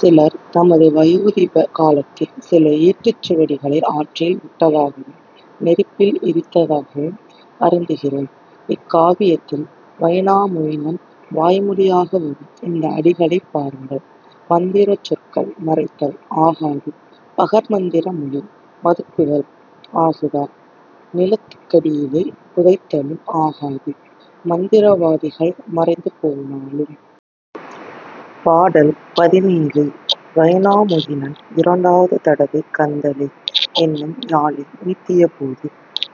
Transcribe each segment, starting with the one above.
சிலர் தமது வயோதிப காலத்தில் சில ஏட்டுச் சுவடிகளை ஆற்றில் விட்டதாகவும் நெருப்பில் எரித்ததாகவும் அறிந்திருக்கிறோம். இக்காவியத்தில் வைனாமொயினன் வாய்மொழியாக வரும் இந்த அடிகளைப் பாருங்கள். மந்திரச் சொற்கள் மறைத்தல் ஆகாது பகர்மந்திர மொழி பதுக்குதல் ஆகாது நிலத்துக் கடியிலே புதைத்தலும் ஆகாது மந்திரவாதிகள் மறைந்துபோனாலும். பாடல் பதினேழு. வைனாமொயினன் இரண்டாவது தடவை கந்தலே என்னும் யாழை மீட்டியபோது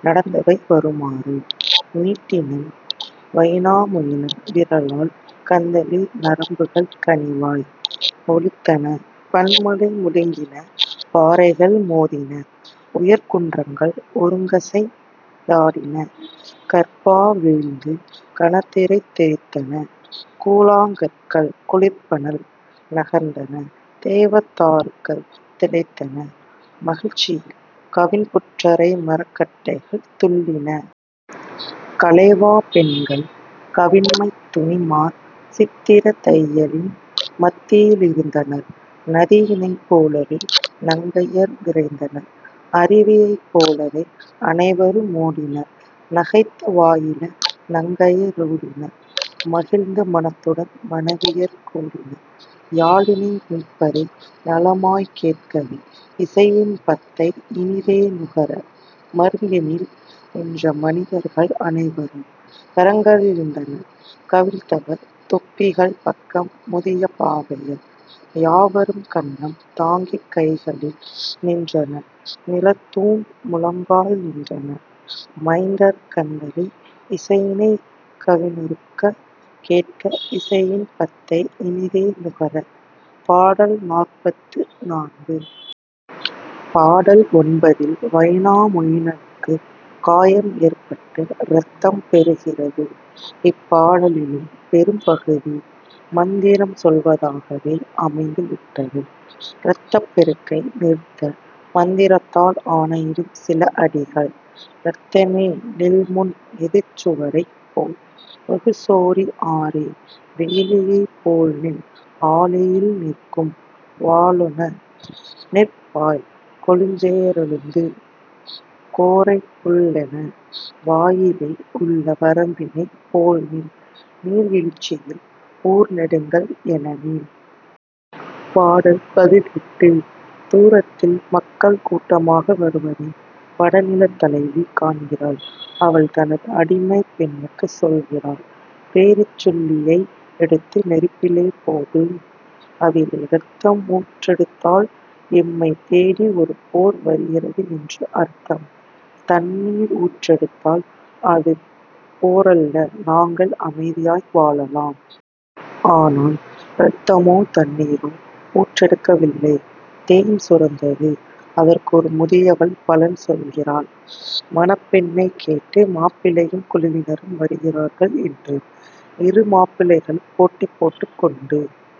நடந்தவை வருமாறு: மீட்டினன் வைனாமொயினன் விரலால் கந்தலே நரம்புகள் கனிவாய் ஒலித்தன பன்மலை முழுங்கின பாறைகள் மோதின உயர்குன்றங்கள் ஒருங்கசைந் தாடின கற்பா வீழ்ந்து கனதிரைத் தெறித்தன கூழாங்கற்கள் குளிர்பனல் நகர்ந்தன தேவ தாருகள் திளைத்தன மகிழ்ச்சியில் கவின்புற்றரைமரக் கட்டைகள் துள்ளின. கலேவாப் பெண்கள் கவின்மைத்துனிமார் சித்திரத் தையலின் மத்தியிலிருந்தனர் நதியினைப் போலவே நங்கையர் விரைந்தனர் அருவியைப் போலவே அனைவரு மோடினர் நகைத்த வாயிள நங்கைய ரோடினர் மகிழ்ந்த மனத்துடன் மனைவியர் கூடினர் யாழினை மீட்பதை நலமாய்க் கேட்கவே இசையின் பத்தை இனிதே நுகர. மருங்கினில் நின்ற மனிதர்கள் அனைவரின் கரங்களிலிருந்தனர் கவிழ்த்தவர் தொப்பிகள் பக்கம் முதிய பாவையர் யாவரும் கன்னம் தாங்கிக் கைகளில் நின்றனர் நிலத்தூன் முழங்கால் நின்றனர் மைந்தர் கந்தலே இசையினைக் கவினுறக் கேட்க இசையின் பத்தை இனிதே நுகர பாடல் நாற்பத்து நான்கு. பாடல் ஒன்பதில் வைனாமொயினனுக்குக் காயம் ஏற்பட்டு இரத்தம் பெருகுகிறது. இப்பாடலிலும் பெரும்பகுதி மந்திரம் சொல்வதாகவே அமைந்து விட்டது. இரத்தப் பெருக்கை நிறுத்த மந்திரத்தால் ஆணையிடும் சில அடிகள்: இரத்தமே நில்முன் எதிர்சுவரைப் போல் மிகுசோரி ஆறே வேலியைப் போல்நில் ஆழியில் நிற்கும் வாளென நிற்பாய் கொழுஞ்சேறெழுந்த கோரைப் புல்லென வயலிலே உள்ள வரம்பினைப் போல்நில் நீர்வீழ்ச்சியில் உறுநெடுங்கல் எனநில். பாடல் பதினெட்டு. தூரத்தில் மக்கள் கூட்டமாக வருவதை வடநிலத் தலைவி காண்கிறாள். அவள் தனது அடிமைப் பெண்ணுக்குச் சொல்கிறாள்: பேரிச் சுள்ளியை எடுத்து நெருப்பிலே போடு. அதிலே இரத்தம் ஊற்றெடுத்தால் எம்மைத் தேடி ஒரு போர் வருகிறது என்று அர்த்தம். தண்ணீர் ஊற்றெடுத்தால், அது போரல்ல நாங்கள் அமைதியாய் வாழலாம். ஆனால் இரத்தமோ தண்ணீரோ ஊற்றெடுக்கவில்லை தேன் சுரந்தது. அதற்கு ஒரு முதியவள் பலன் சொல்கிறாள்: மணப்பெண்ணைக் கேட்டு மாப்பிள்ளையும் குழுவினரும் வருகிறார்கள் என்று. இரு மாப்பிள்ளைகளும் போட்டி போட்டுக் கொண்டு